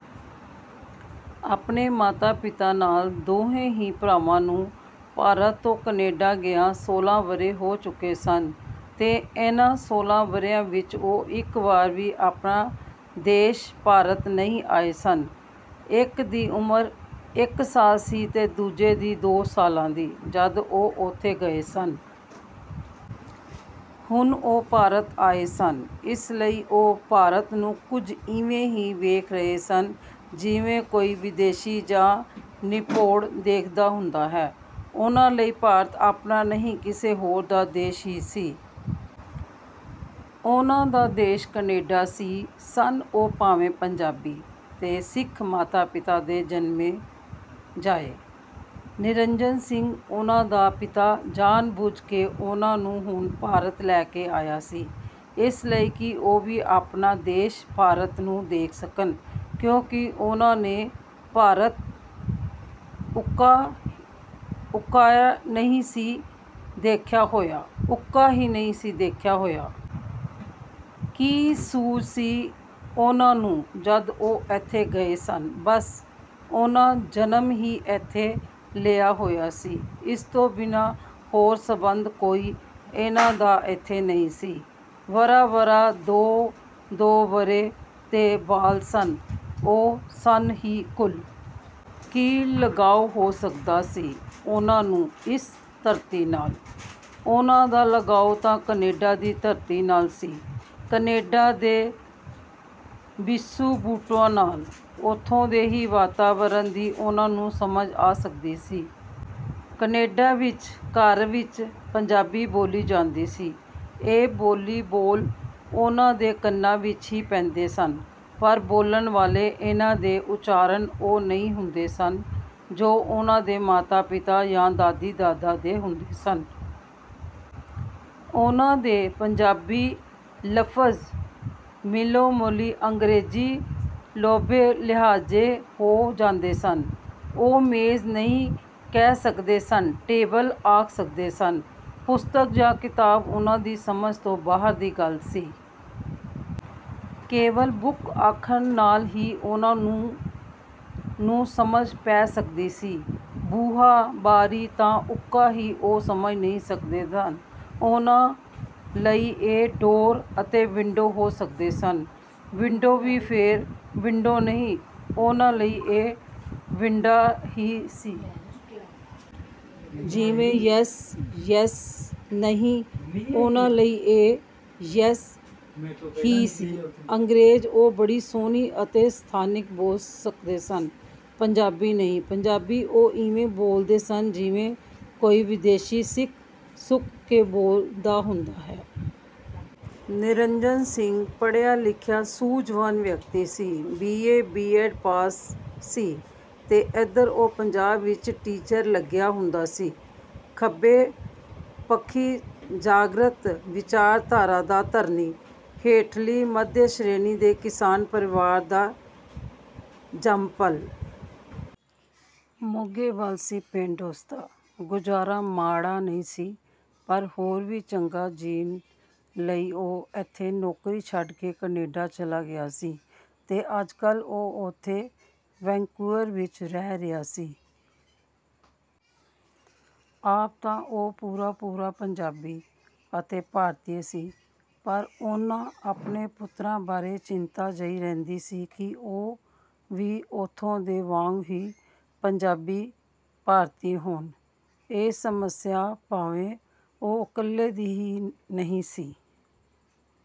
ਆਪਣੇ ਮਾਤਾ-ਪਿਤਾ ਨਾਲ ਦੋਹੇਂ ਹੀ ਭਰਾਵਾਂ ਨੂੰ ਭਾਰਤ ਤੋਂ ਕੈਨੇਡਾ ਗਿਆਂ ਸੋਲ੍ਹਾਂ ਵਰ੍ਹੇ ਹੋ ਚੁੱਕੇ ਸਨ ਤੇ ਇਹਨਾਂ ਸੋਲਾਂ ਵਰ੍ਹਿਆਂ ਵਿਚ ਉਹ ਇਕ ਵਾਰ ਵੀ ਆਪਣਾ ਦੇਸ਼ ਭਾਰਤ ਨਹੀਂ ਆਏ ਸਨ। ਇਕ ਦੀ ਉਮਰ ਇਕ ਸਾਲ ਸੀ, ਤੇ ਦੂਜੇ ਦੀ ਦੋ ਸਾਲਾ ਦੀ, ਜਦ ਉਹ ੳਥੇਂ ਗਏ ਸਨ। ਹੁਣ ਉਹ ਭਾਰਤ ਆਏ ਸਨ। ਇਸ ਲਈ ਉਹ ਭਾਰਤ ਨੂੰ ਕੁੱਝ ਇਵੇਂ ਹੀ ਵੇਖ ਰਹੇ ਸਨ ਜਿਵੇਂ ਕੋਈ ਵਿਦੇਸ਼ੀ ਜਾਂ ਨਭੋੜ ਦੇਖਦਾ ਹੁੰਦਾ ਹੈ। ਉਹਨਾਂ ਲਈ ਭਾਰਤ ਆਪਣਾ ਨਹੀਂ ਕਿਸੇ ਹੋਰ ਦਾ ਦੇਸ਼ ਹੀ ਸੀ। ਉਹਨਾਂ ਦਾ ਦੇਸ਼ ਕਨੇਡਾ ਸੀ। ਸਨ ਉਹ ਭਾਵੇਂ ਪੰਜਾਬੀ ਤੇ ਸਿੱਖ ਮਾਤਾ-ਪਿਤਾ ਦੇ ਜਨਮੇ ਜਾਏ। ਨਿਰੰਜਨ ਸਿੰਘ, ਉਹਨਾਂ ਦਾ ਪਿਤਾ ਜਾਣ-ਬੁੱਝ ਕੇ ਉਹਨਾਂ ਨੂੰ ਹੁਣ ਭਾਰਤ ਲੈ ਕੇ ਆਇਆ ਸੀ। ਇਸ ਲਈ ਕਿ ਉਹ ਵੀ ਆਪਣਾ ਦੇਸ਼ ਭਾਰਤ ਨੂੰ ਦੇਖ ਸਕਣ ਕਿਉਂਕਿ ਉਹਨਾਂ ਨੇ ਭਾਰਤ ਉਕਾ ਹੀ ਨਹੀਂ ਸੀ ਦੇਖਿਆ ਹੋਇਆ। ਕੀ ਸੂਝ ਸੀ ਉਹਨਾਂ ਨੂੰ ਜਦ ਉਹ ਏਥੇਂ ਗਏ ਸਨ? ਬਸ, ਉਹਨਾਂ ਜਨਮ ਹੀ ਏਥੇ ਲਿਆ ਹੋਇਆ ਸੀ। ਇਸ ਤੋਂ ਬਿਨਾਂ ਹੋਰ ਸੰਬੰਧ ਕੋਈ ਇਹਨਾਂ ਦਾ ਏਥੇ ਨਹੀਂ ਸੀ। ਵਰ੍ਹਾ-ਵਰ੍ਹਾ, ਦੋ -ਦੋ ਵਰ੍ਹੇ ਦੇ ਬਾਲ ਸਨ ਉਹ ਸਨ ਹੀ ਕੁੱਲ। ਕੀ ਲਗਾਊ ਹੋ ਸਕਦਾ ਸੀ ਉਹਨਾਂ ਨੂੰ ਇਸ ਧਰਤੀ ਨਾਲ? ਉਹਨਾਂ ਦਾ ਲਗਾਉ ਤਾਂ ਕਨੇਡਾ ਦੀ ਧਰਤੀ ਨਾਲ ਸੀ, ਕਨੇਡਾ ਦੇ ਬਿਸੂ-ਬੂਟਿਆਂ ਨਾਲ। ਉਥੋਂ ਦੇ ਹੀ ਵਾਤਾਵਰਣ ਦੀ ਉਹਨਾਂ ਨੂੰ ਸਮਝ ਆ ਸਕਦੀ ਸੀ। ਕਨੇਡਾ ਵਿਚ, ਘਰ ਵਿਚ, ਪੰਜਾਬੀ ਬੋਲੀ ਜਾਂਦੀ ਸੀ। ਇਹ ਬੋਲੀ ਬੋਲ ੳਹਨਾਂ ਦੇ ਕੰਨਾਂ ਵਿਚ ਹੀ ਪੈਂਦੇ ਸਨ ਪਰ ਬੋਲਣ ਵਾਲੇ ਇਹਨਾਂ ਦੇ ਉਚਾਰਨ ਉਹ ਨਹੀਂ ਹੁੰਦੇ ਸਨ ਜੋ ਉਹਨਾਂ ਦੇ ਮਾਤਾ-ਪਿਤਾ ਯਾ ਦਾਦੀ-ਦਾਦੇ ਦੇ ਹੁੰਦੇ ਸਨ। ਉਹਨਾਂ ਦੇ ਪੰਜਾਬੀ ਲਫ਼ਜ ਮਿਲੋ-ਮੱਲੀ ਅੰਗਰੇਜ਼ੀ ਲੋਬੇ ਲਿਹਾਜੇ ਹੋ ਜਾਂਦੇ ਸਨ। ਉਹ ਮੇਜ਼ ਨਹੀਂ ਕਹਿ ਸਕਦੇ ਸਨ, ਟੇਬਲ ਆਖ ਸਕਦੇ ਸਨ। ਪੁਸਤਕ ਜਾਂ ਕਿਤਾਬ ਉਹਨਾਂ ਦੀ ਸਮਝ ਤੋਂ ਬਾਹਰ ਦੀ ਗੱਲ ਸੀ। ਕੇਵਲ ਬੁੱਕ ਆਖਣ ਨਾਲ ਹੀ ਉਹਨਾਂ ਨੂੰ ਸਮਝ ਪੈ ਸਕਦੀ ਸੀ। ਬੂਹਾ, ਬਾਰੀ ਤਾਂ ਉਕਾ ਹੀ ਉਹ ਸਮਝ ਨਹੀਂ ਸਕਦੇ ਸਨ। ਉਹਨਾਂ ਲਈ ਇਹ ਡੋਰ ਅਤੇ ਵਿੰਡੋ ਹੋ ਸਕਦੇ ਸਨ। ਵਿੰਡੋ ਵੀ ਫੇਰ ਵਿੰਡੋ ਨਹੀਂ, ਉਹਨਾਂ ਲਈ ਇਹ "ਵਿੰਡਾ" ਹੀ ਸੀ। ਜਿਵੇਂ ਯੈਸ? ਯੈਸ ਨਹੀਂ, ਉਹਨਾਂ ਲਈ ਇਹ "ਯੈਸ" ਹੀ ਸੀ। ਅੰਗਰੇਜ਼ ਉਹ ਬੜੀ ਸੋਹਣੀ ਅਤੇ ਸਥਾਨਿਕ ਬੋਲ ਸਕਦੇ ਸਨ, ਪੰਜਾਬੀ ਨਹੀਂ। ਪੰਜਾਬੀ ਉਹ ਇਵੇਂ ਬੋਲਦੇ ਸਨ ਜਿਵੇਂ ਕੋਈ ਵਿਦੇਸ਼ੀ ਸਿੱਖ-ਸੁੱਖ ਕੇ ਬੋਲਦਾ ਹੁੰਦਾ ਹੈ। ਨਿਰੰਜਣ ਸਿੰਘ ਪੜ੍ਹਿਆ ਲਿਖਿਆ ਸੂਝਵਾਨ ਵਿਅਕਤੀ ਸੀ। B. A. B. Ed pass ਸੀ ਤੇ ਏਧਰ ਉਹ ਪੰਜਾਬ ਵਿਚ ਟੀਚਰ ਲੱਗਿਆ ਹੁੰਦਾ ਸੀ। ਖੱਬੇ ਪੱਖੀ ਜਾਗ੍ਰਤ ਵਿਚਾਰਧਾਰਾ ਦਾ ਧਰਨੀ। ਹੇਠਲੀ ਮੱਧ ਸ਼੍ਰੇਣੀ ਦੇ ਕਿਸਾਨ ਪਰਿਵਾਰ ਦਾ ਜੰਮਪਲ। ਮੋਗੇ ਵੱਲ ਸੀ ਪਿੰਡ ਉਸਦਾ। ਗੁਜ਼ਾਰਾ ਮਾੜਾ ਨਹੀਂ ਸੀ, ਪਰ ਹੋਰ ਵੀ ਚੰਗਾ ਜੀਨ ਲਈ ਉਹ ਏਥੇਂ ਨੌਕਰੀ ਛੱਡ ਕੇ ਕੈਨੇਡਾ ਚਲਾ ਗਿਆ ਸੀ ਤੇ ਅੱਜਕੱਲ੍ਹ ਉਹ ਉਥੇ ਵੈਨਕੂਵਰ ਵਿਚ ਰਹਿ ਰਿਹਾ ਸੀ। ਆਪ ਤਾਂ ਉਹ ਪੂਰਾ-ਪੂਰਾ ਪੰਜਾਬੀ ਅਤੇ ਭਾਰਤੀ ਸੀ ਪਰ ਉਹਨਾਂ ਆਪਣੇ ਪੁੱਤਰਾਂ ਬਾਰੇ ਚਿੰਤਾ ਜਿਹੀ ਰਹਿੰਦੀ ਸੀ ਕਿ ਉਹ ਵੀ ਉਥੋਂ ਦੇ ਵਾਂਗ ਵੀ ਪੰਜਾਬੀ ਭਾਰਤੀ ਹੋਣ। ਇਹ ਸਮੱਸਿਆ ਭਾਵੇਂ ਉਹ ਇਕੱਲੇ ਦੀ ਹੀ ਨਹੀਂ ਸੀ।